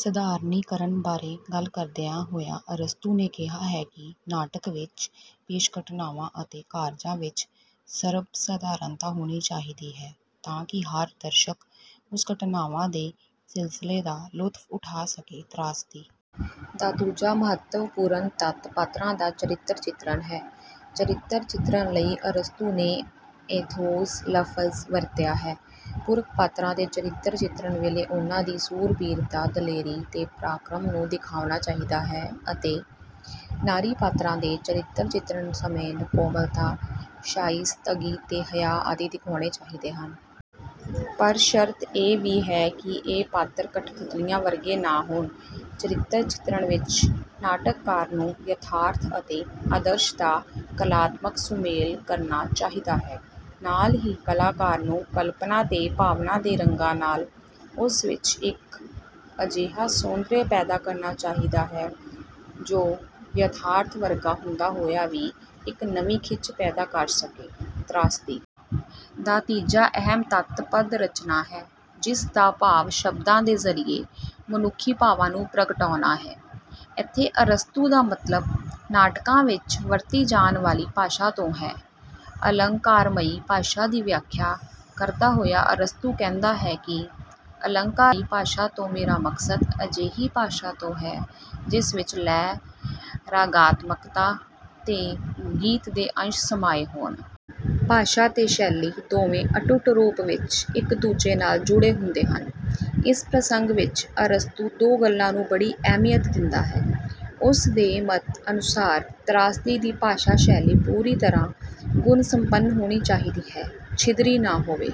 ਸਧਾਰਨੀਕਰਣ ਬਾਰੇ ਗੱਲ ਕਰਦਿਆਂ ਹੋਇਆਂ ਅਰਸਤੂ ਨੇ ਕਿਹਾ ਹੈ ਕਿ ਨਾਟਕ ਵਿੱਚ ਪੇਸ਼ ਘਟਨਾਵਾਂ ਅਤੇ ਕਾਰਜਾਂ ਵਿੱਚ ਸਰਬਸਧਾਰਨਤਾ ਹੋਣੀ ਚਾਹੀਦੀ ਹੈ, ਤਾਂ ਕਿ ਹਰ ਦਰਸ਼ਕ ਉਸ ਘਟਨਾਵਾਂ ਦੇ ਸਿਲਸਿਲੇ ਦਾ ਲੁਫ਼ਤ ਉਠਾ ਸਕੇ। ਤ੍ਰਾਸਦੀ ਦਾ ਦੂਜਾ ਮਹੱਤਵਪੂਰਨ ਤੱਤ ਪਾਤਰਾਂ ਦਾ ਚਰਿੱਤਰ ਚਿਤਰਨ ਹੈ। ਚਰਿੱਤਰ ਚਿੱਤਰਣ ਲਈ ਅਰਸਤੂ ਨੇ 'ਏਥੋਸ' ਲਫ਼ਜ਼ ਵਰਤਿਆ ਹੈ। ਪੁਰਖ ਪਾਤਰਾਂ ਦੇ ਚਰਿੱਤਰ ਚਿਤਰਨ ਵੇਲੇ ਉਨ੍ਹਾਂ ਦੀ ਸੂਰਬੀਰਤਾ, ਦਲੇਰੀ ਤੇ ਪ੍ਰਾਕਰਮ ਨੂੰ ਦਿਖਾਉਣਾ ਚਾਹੀਦਾ ਹੈ ਅਤੇ ਨਾਰੀ ਪਾਤਰਾਂ ਦੇ ਚਰਿੱਤਰ ਚਿਤਰਨ ਸਮੇਂ ਕੋਮਲਤਾ, ਸ਼ਾਇਸਤਗੀ ਤੇ ਹਯਾ ਆਦਿ ਦਿਖਾਉਣੇ ਚਾਹੀਦੇ ਹਨ। ਪਰ ਸ਼ਰਤ ਇਹ ਵੀ ਹੈ ਕਿ ਇਹ ਪਾਤਰ ਕਠਪੁਤਲੀਆਂ ਵਰਗੇ ਨਾ ਹੋਣ। ਚਰਿੱਤਰ ਚਿਤਰਨ ਵਿੱਚ ਨਾਟਕਕਾਰ ਨੂੰ ਯਥਾਰਥ ਅਤੇ ਆਦਰਸ਼ ਦਾ ਕਲਾਤਮਕ ਸੁਮੇਲ ਕਰਨਾ ਚਾਹੀਦਾ ਹੈ; ਨਾਲ ਹੀ ਕਲਾਕਾਰ ਨੂੰ ਕਲਪਨਾ ਤੇ ਭਾਵਨਾ ਦੇ ਰੰਗਾਂ ਨਾਲ ਉਸ ਵਿੱਚ ਇੱਕ ਅਜਿਹਾ ਸੌਂਦਰਯ ਪੈਦਾ ਕਰਨਾ ਚਾਹੀਦਾ ਹੈ ਜੋ ਯਥਾਰਥ ਵਰਗਾ ਹੁੰਦਾ ਹੋਇਆ ਵੀ ਇੱਕ ਨਵੀਂ ਖਿੱਚ ਪੈਦਾ ਕਰ ਸਕੇ। ਤ੍ਰਾਸਦੀ ਦਾ ਤੀਜਾ ਅਹਿਮ ਤੱਤ ਪਦ-ਰਚਨਾ ਹੈ, ਜਿਸ ਦਾ ਭਾਵ ਸ਼ਬਦਾਂ ਦੇ ਜ਼ਰੀਏ ਮਨੁੱਖੀ ਭਾਵਾਂ ਨੂੰ ਪ੍ਰਗਟਾਉਣਾ ਹੈ। ਇੱਥੇ ਅਰਸਤੂ ਦਾ ਮਤਲਬ ਨਾਟਕਾਂ ਵਿੱਚ ਵਰਤੀ ਜਾਣ ਵਾਲੀ ਭਾਸ਼ਾ ਤੋਂ ਹੈ। ਅਲੰਕਾਰਮਈ ਭਾਸ਼ਾ ਦੀ ਵਿਆਖਿਆ ਕਰਦਾ ਹੋਇਆ ਅਰਸਤੂ ਕਹਿੰਦਾ ਹੈ ਕਿ ਅਲੰਕਾਰਮਈ ਭਾਸ਼ਾ ਤੋਂ ਮੇਰਾ ਮਕਸਦ ਅਜਿਹੀ ਭਾਸ਼ਾ ਤੋਂ ਹੈ ਜਿਸ ਵਿੱਚ ਲੈਅ, ਰਾਗਾਤਮਕਤਾ ਤੇ ਗੀਤ ਦੇ ਅੰਸ਼ ਸਮਾਏ ਹੋਣ। ਭਾਸ਼ਾ ਤੇ ਸ਼ੈਲੀ ਦੋਵੇਂ ਅਟੁੱਟ ਰੂਪ ਵਿੱਚ ਇੱਕ-ਦੂਜੇ ਨਾਲ ਜੁੜੇ ਹੁੰਦੇ ਹਨ। ਇਸ ਪ੍ਰਸੰਗ ਵਿੱਚ ਅਰਸਤੂ ਦੋ ਗੱਲਾਂ ਨੂੰ ਬੜੀ ਅਹਿਮੀਅਤ ਦਿੰਦਾ ਹੈ। ਉਸ ਦੇ ਮੱਤ ਅਨੁਸਾਰ ਤ੍ਰਾਸਦੀ ਦੀ ਭਾਸ਼ਾ-ਸ਼ੈਲੀ ਪੂਰੀ ਤਰ੍ਹਾਂ ਗੁਣ-ਸੰਪੰਨ ਹੋਣੀ ਚਾਹੀਦੀ ਹੈ, ਛਿਦਰੀ ਨਾ ਹੋਵੇ।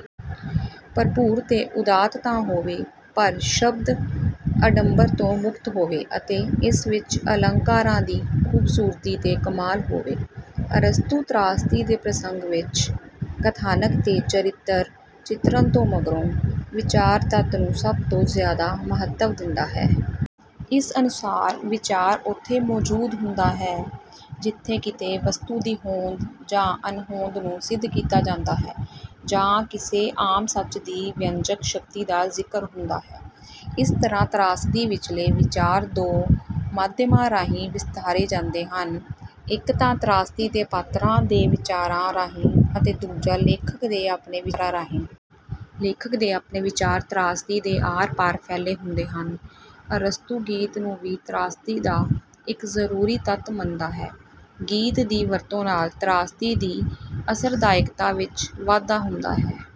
ਭਰਪੂਰ ਤੇ ਉਦਾਤ ਤਾਂ ਹੋਵੇ, ਪਰ ਸ਼ਬਦ-ਅਡੰਬਰ ਤੋਂ ਮੁਕਤ ਹੋਵੇ ਅਤੇ ਇਸ ਵਿੱਚ ਅਲੰਕਾਰਾਂ ਦੀ ਖ਼ੂਬਸੂਰਤੀ ਤੇ ਕਮਾਲ ਹੋਵੇ। ਅਰਸਤੂ ਤ੍ਰਾਸਦੀ ਦੇ ਪ੍ਰਸੰਗ ਵਿੱਚ ਕਥਾਨਕ ਤੇ ਚਰਿੱਤਰ ਚਿੱਤਰਣ ਤੋਂ ਮਗਰੋਂ ਵਿਚਾਰ ਤੱਤ ਨੂੰ ਸਭ ਤੋਂ ਜ਼ਿਆਦਾ ਮਹੱਤਵ ਦਿੰਦਾ ਹੈ। ਇਸ ਅਨੁਸਾਰ ਵਿਚਾਰ ਉੱਥੇ ਮੌਜੂਦ ਹੁੰਦਾ ਹੈ ਜਿੱਥੇ ਕਿਤੇ ਵਸਤੂ ਦੀ ਹੋਂਦ ਜਾਂ ਅਣਹੋਂਦ ਨੂੰ ਸਿੱਧ ਕੀਤਾ ਜਾਂਦਾ ਹੈ ਜਾਂ ਕਿਸੇ ਆਮ ਸੱਚ ਦੀ ਵਿਅੰਜਕ ਸ਼ਕਤੀ ਦਾ ਜ਼ਿਕਰ ਹੁੰਦਾ ਹੈ। ਇਸ ਤਰ੍ਹਾਂ ਤ੍ਰਾਸਦੀ ਵਿਚਲੇ ਵਿਚਾਰ ਦੋ ਮਾਧਿਅਮਾਂ ਰਾਹੀਂ ਵਿਸਤਾਰੇ ਜਾਂਦੇ ਹਨ ਇੱਕ ਤਾਂ ਤ੍ਰਾਸਦੀ ਦੇ ਪਾਤਰਾਂ ਦੇ ਵਿਚਾਰਾਂ ਰਾਹੀਂ ਅਤੇ ਦੂਜਾ, ਲੇਖਕ ਦੇ ਆਪਣੇ ਵਿਚਾਰਾਂ ਰਾਹੀਂ। ਲੇਖਕ ਦੇ ਆਪਣੇ ਵਿਚਾਰ ਤ੍ਰਾਸਦੀ ਦੇ ਆਰ-ਪਾਰ ਫੈਲੇ ਹੁੰਦੇ ਹਨ। ਅਰਸਤੂ ਗੀਤ ਨੂੰ ਵੀ ਤ੍ਰਾਸਦੀ ਦਾ ਇੱਕ ਜ਼ਰੂਰੀ ਤੱਤ ਮੰਨਦਾ ਹੈ। ਗੀਤ ਦੀ ਵਰਤੋਂ ਨਾਲ ਤ੍ਰਾਸਦੀ ਦੀ ਅਸਰਦਾਇਕਤਾ ਵਿੱਚ ਵਾਧਾ ਹੁੰਦਾ ਹੈ।